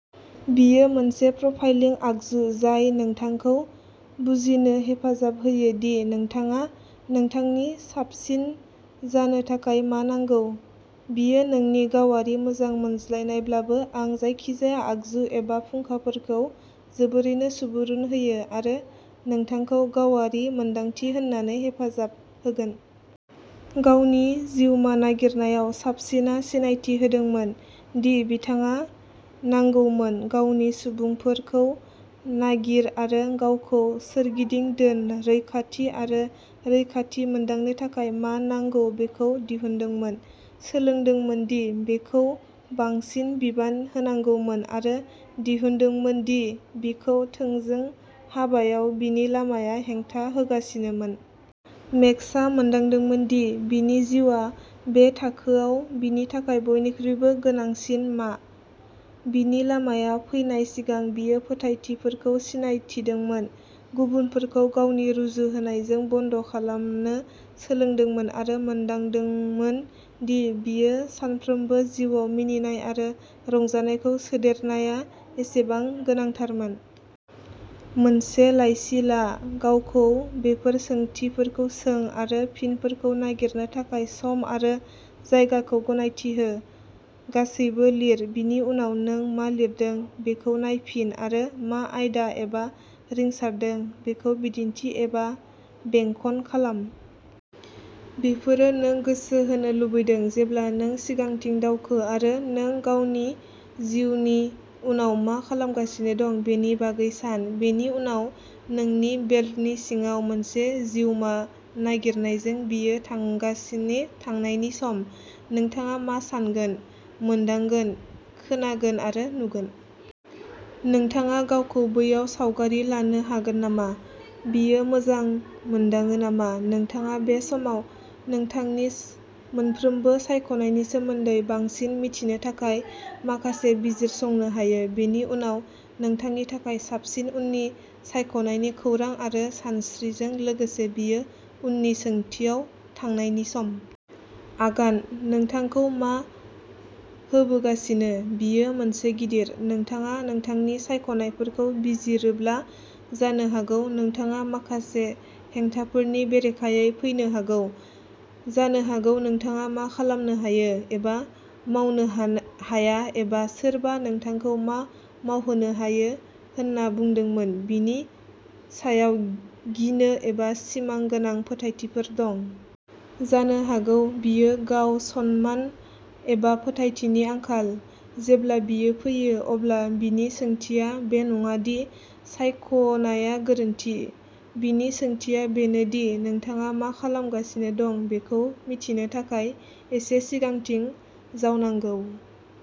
बेयो मोनसे प्रफाइलिं आगजु जाय नोंथांखौ बुजिनो हेफाजाब होयो दि नोंथाङा नोंथांनि साबसिन जानो थाखाय मा नांगौ। बेयो आंनि गावारि मोजां मोनजानायब्लाबो, आं जायखिजाया आगजु एबा फुंखाफोरखौ जोबोरैनो सुबुरुन होयो जाय नोंथांखौ गावारि मोनदांथि मोन्नो हेफाजाब होगोन। गावनि जिउमा नागिरनायाव, साबिना सिनायथि होदोंमोन दि बिथाङा नांगौमोन। गावनि "सुबुंफोर" खौ नागिर आरो गावनि सोरगिदिं दोन; रैखाथि आरो रैखाथि मोनदांनो थाखाय मा नांगौ बेखौ दिहुनदोंमोन; सोलोंदोंमोन दि बिखौ बांसिन बिबान होनांगौमोन; आरो दिहुनदोंमोन दि बिनि थोंजों हाबाया बिनि लामायाव हेंथा होगासिनोमोन। मेक्सआ मोनदांदोंमोन दि बिनि जिउनि बे थाखोआव बिनि थाखाय बयनिख्रुइबो गोनांसिन मा, बिनि लामायाव फैनाय सिमा गोनां फोथायथिफोरखौ सिनायथिदोंमोन, गुबुनफोरजों गावखौ रुजुहोनायखौ बन्द खालामनो सोलोंदोंमोन आरो मोनदांदोंमोन दि बिनि सानफ्रोमबोनि जिउआव मिनिनाय आरो रंजानायखौ सोदेरनाया बेसेबां गोनांथारमोन। मोनसे लाइसि ला। गावखौ बेफोर सोंथिफोरखौ सों आरो फिनफोरखौ नागिरनो थाखाय सम आरो जायगाखौ गनायथि हो। गासैबो लिर। बेनि उनाव, नों मा लिरदों बेखौ नायफिन आरो मा आलादा एबा रिंसारदों बेखौ दिन्थि एबा बेंखन खालाम। बेफोरो नों गोसो होनो लुबैदों जेब्ला नों सिगांथिं दावखो आरो नों गावनि जिउनि उनाव मा खालामगासिनो दं बेनि बागै सान। बेनि उनाव, नोंनि बेल्टनि सिङाव एसे जिउमा नागिरनायजों, बेयो थांनायनि सम। नोंथाङा मा सान्गोन, मोनदांगोन, खोनांगोन आरो नुगोन? नोंथाङा गावखौ बैयाव सावगारि लानो हागोन नामा? बेयो मोजां मोनदाङो नामा? नोंथाङा बे समाव नोंथांनि मोनफ्रोमबो सायख'नायनि सोमोन्दै बांसिन मिथिनो थाखाय माखासे बिजिरसंनोबो हायो। बेनि उनाव, नोंथांनि थाखाय साबसिन उननि सायख'नायनि खौरां आरो सानस्रिजों लोगोसे, बेयो उननि सोंथियाव थांनायनि सम। आगान: नोंथांखौ मा होबोगासिनो? बेयो मोनसे गिदिर। नोंथाङा नोंथांनि सायख'नायफोरखौ नायबिजिरोब्ला, जानो हागौ नोंथाङा माखासे हेंथाफोरनि बेरेखायै फैनो हागौ। जानो हागौ नोंथाङा मा खालामनो हायो एबा मावनो हाया एबा सोरबा नोंथांखौ मा मावनो हायो होनना बुंदोंमोन बेनि सायाव गिनो एबा सिमा गोनां फोथायथिफोर दं। जानो हागौ बेयो गाव-सनमान एबा फोथायथिनि आंखाल। जेब्ला बेफोर फैयो, अब्ला बेनि ओंथिया बे नङा दि सायख'नाया गोरोन्थि, बेनि ओंथिया बेनो दि नोंथाङा मा जागासिनो दं बेखौ मिथिनो थाखाय एसे सिगांथिं जावनांगौ।